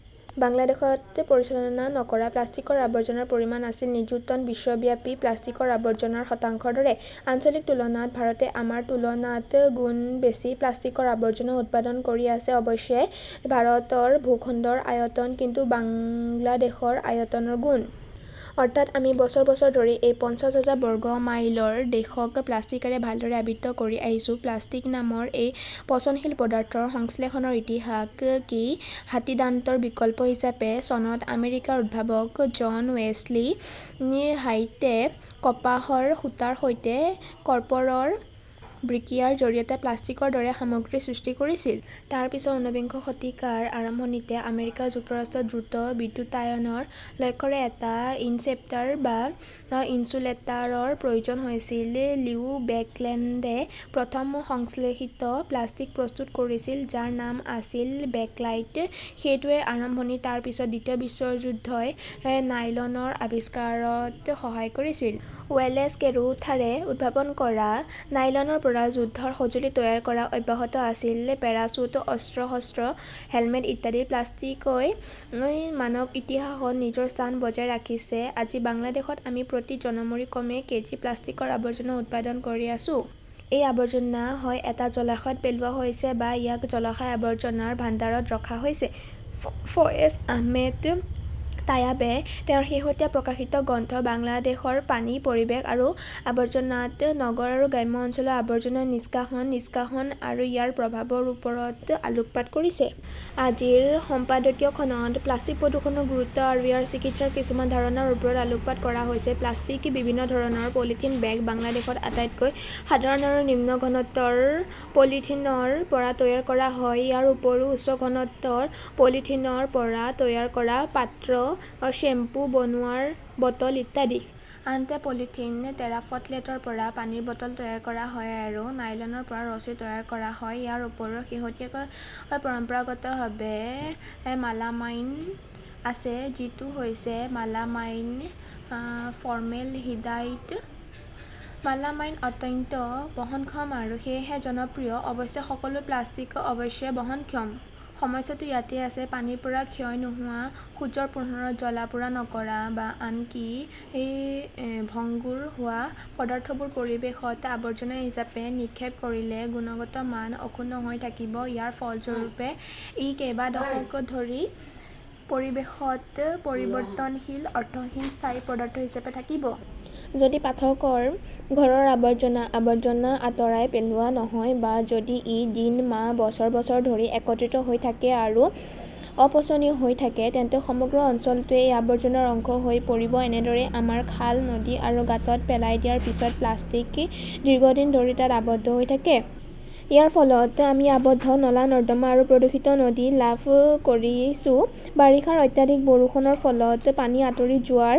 বাংলাদেশত পৰিচালনা নকৰা প্লাষ্টিকৰ আৱৰ্জনাৰ পৰিমাণ আছিল নিযুত টন বিশ্বব্যাপী প্লাষ্টিকৰ আৱৰ্জনাৰ শতাংশৰ দৰে। আঞ্চলিক তুলনাত ভাৰতে আমাৰ তুলনাত গুণ বেছি প্লাষ্টিকৰ আৱৰ্জনা উৎপাদন কৰি আছে অৱশ্যে, ভাৰতৰ ভূখণ্ডৰ আয়তন কিন্তু বাংলাদেশৰ আয়তনৰ গুণ। অৰ্থাৎ, আমি বছৰ বছৰ ধৰি এই পঞ্চাশ হাজাৰ বৰ্গ মাইলৰ দেশক প্লাষ্টিকেৰে ভালদৰে আবৃত কৰি আহিছো। প্লাষ্টিক নামৰ এই পচনশীল পদাৰ্থৰ সংশ্লেষণৰ ইতিহাস কি হাতীদান্তৰ বিকল্প হিচাপে চনত আমেৰিকাৰ উদ্ভাৱক জন ৱেছলি হাইটে কপাহৰ সূতাৰ সৈতে কৰ্পৰৰ বিক্ৰিয়াৰ জৰিয়তে প্লাষ্টিকৰ দৰে সামগ্ৰী সৃষ্টি কৰিছিল। তাৰ পিছত, ঊনবিংশ শতিকাৰ আৰম্ভণিতে, আমেৰিকা যুক্তৰাষ্ট্ৰত দ্ৰুত বিদ্যুতায়নৰ লক্ষ্যৰে এটা ইনচেপ্টাৰ বা ইনচুলেটাৰৰ প্ৰয়োজন হৈছিল। লিও বেকলেণ্ডে প্ৰথম সংশ্লেষিত প্লাষ্টিক প্ৰস্তুত কৰিছিল, যাৰ নাম আছিল বেকলাইট। সেইটোৱেই আৰম্ভণি। তাৰ পিছত, দ্বিতীয় বিশ্বযুদ্ধই নাইলনৰ আৱিষ্কাৰত সহায় কৰিছিল। ৱলেছ কেৰোথাৰে উদ্ভাৱন কৰা নাইলনৰ পৰা যুদ্ধৰ সঁজুলি তৈয়াৰ কৰা অব্যাহত আছিল পেৰাচুট, অস্ত্ৰ-শস্ত্ৰ, হেলমেট ইত্যাদি। প্লাষ্টিকই মানৱ ইতিহাসত নিজৰ স্থান বজাই ৰাখিছে। আজি বাংলাদেশত আমি প্ৰতি জনমূৰি কমেও কেজি প্লাষ্টিকৰ আৱৰ্জনা উৎপাদন কৰি আছো! এই আৱৰ্জনা হয় এটা জলাশয়ত পেলোৱা হৈছে, বা ইয়াক জলাশয়ৰ আৱৰ্জনাৰ ভাণ্ডাৰত ৰখা হৈছে। ফয়েজ আহমেদ তায়াবে তেওঁৰ শেহতীয়া প্ৰকাশিত গ্ৰন্থ বাংলাদেশৰ পানী, পৰিৱেশ আৰু আৱৰ্জনা ত নগৰ আৰু গ্ৰাম্য অঞ্চলত আৱৰ্জনা নিষ্কাশন, নিষ্কাশন আৰু ইয়াৰ প্ৰভাৱৰ ওপৰত আলোকপাত কৰিছে। আজিৰ সম্পাদকীয়খনত প্লাষ্টিক প্ৰদূষণৰ গুৰুত্ব আৰু ইয়াৰ চিকিৎসাৰ কিছুমান ধাৰণাৰ ওপৰত আলোকপাত কৰা হৈছে। প্লাষ্টিক বিভিন্ন ধৰণৰ। পলিথিন বেগ বাংলাদেশত আটাইতকৈ সাধাৰণ আৰু নিম্ন ঘনত্বৰ পলিইথিলিনৰ পৰা তৈয়াৰ কৰা হয়। ইয়াৰ উপৰিও উচ্চ ঘনত্বৰ পলিইথিলিনৰ পৰা তৈয়াৰ কৰা পাত্ৰ, শ্বেম্পু-বনুৱাৰ বটল ইত্যাদি। আনহাতে, পলিথিন টেৰাফথলেটৰ পৰা পানীৰ বটল তৈয়াৰ কৰা হয় আৰু নাইলনৰ পৰা ৰছী তৈয়াৰ কৰা হয়। ইয়াৰ উপৰিও শেহতীয়াকৈ পৰম্পৰাগত ভাবে মালামাইন আছে, যিটো হৈছে মালামাইন ফৰ্মেলহিডাইড। মালামাইন অত্যন্ত বহনক্ষম আৰু সেয়েহে জনপ্ৰিয়। অৱশ্যে, সকলো প্লাষ্টিক অৱশ্যে বহনক্ষম। সমস্যাটো ইয়াতেই আছে। পানীৰ পৰা ক্ষয় নোহোৱা, সূৰ্যৰ পোহৰত জ্বলা-পোৰা নকৰা বা আনকি ভংগুৰ হোৱা পদাৰ্থবোৰ পৰিৱেশত আৱৰ্জনা হিচাপে নিক্ষেপ কৰিলে গুণগত মান অক্ষুণ্ণ হৈ থাকিব। ইয়াৰ ফলস্বৰূপে, ই কেইবা দশক ধৰি পৰিৱেশত পৰিৱৰ্তনশীল অৰ্থহীন স্থায়ী পদাৰ্থ হিচাপে থাকিব। যদি পাঠকৰ ঘৰৰ আৱৰ্জনাৰ আৱৰ্জনা আঁতৰাই পেলোৱা নহয়, বা যদি ই দিন, মাহ, বছৰ, বছৰ ধৰি একত্ৰিত হৈ থাকে আৰু অপচনীয় হৈ থাকে, তেন্তে সমগ্ৰ অঞ্চলটোৱেই এই আৱৰ্জনাৰ অংশ হৈ পৰিব। এনেদৰেই আমাৰ খাল, নদী আৰু গাঁতত পেলাই দিয়াৰ পিছত প্লাষ্টিক দীৰ্ঘদিন ধৰি তাত আবদ্ধ হৈ থাকে। ইয়াৰ ফলত আমি আবদ্ধ নলা-নৰ্দমা আৰু প্ৰদূষিত নদী লাভ কৰিছো। বাৰিষাৰ অত্যাধিক বৰষুণৰ ফলত পানী আঁতৰি যোৱাৰ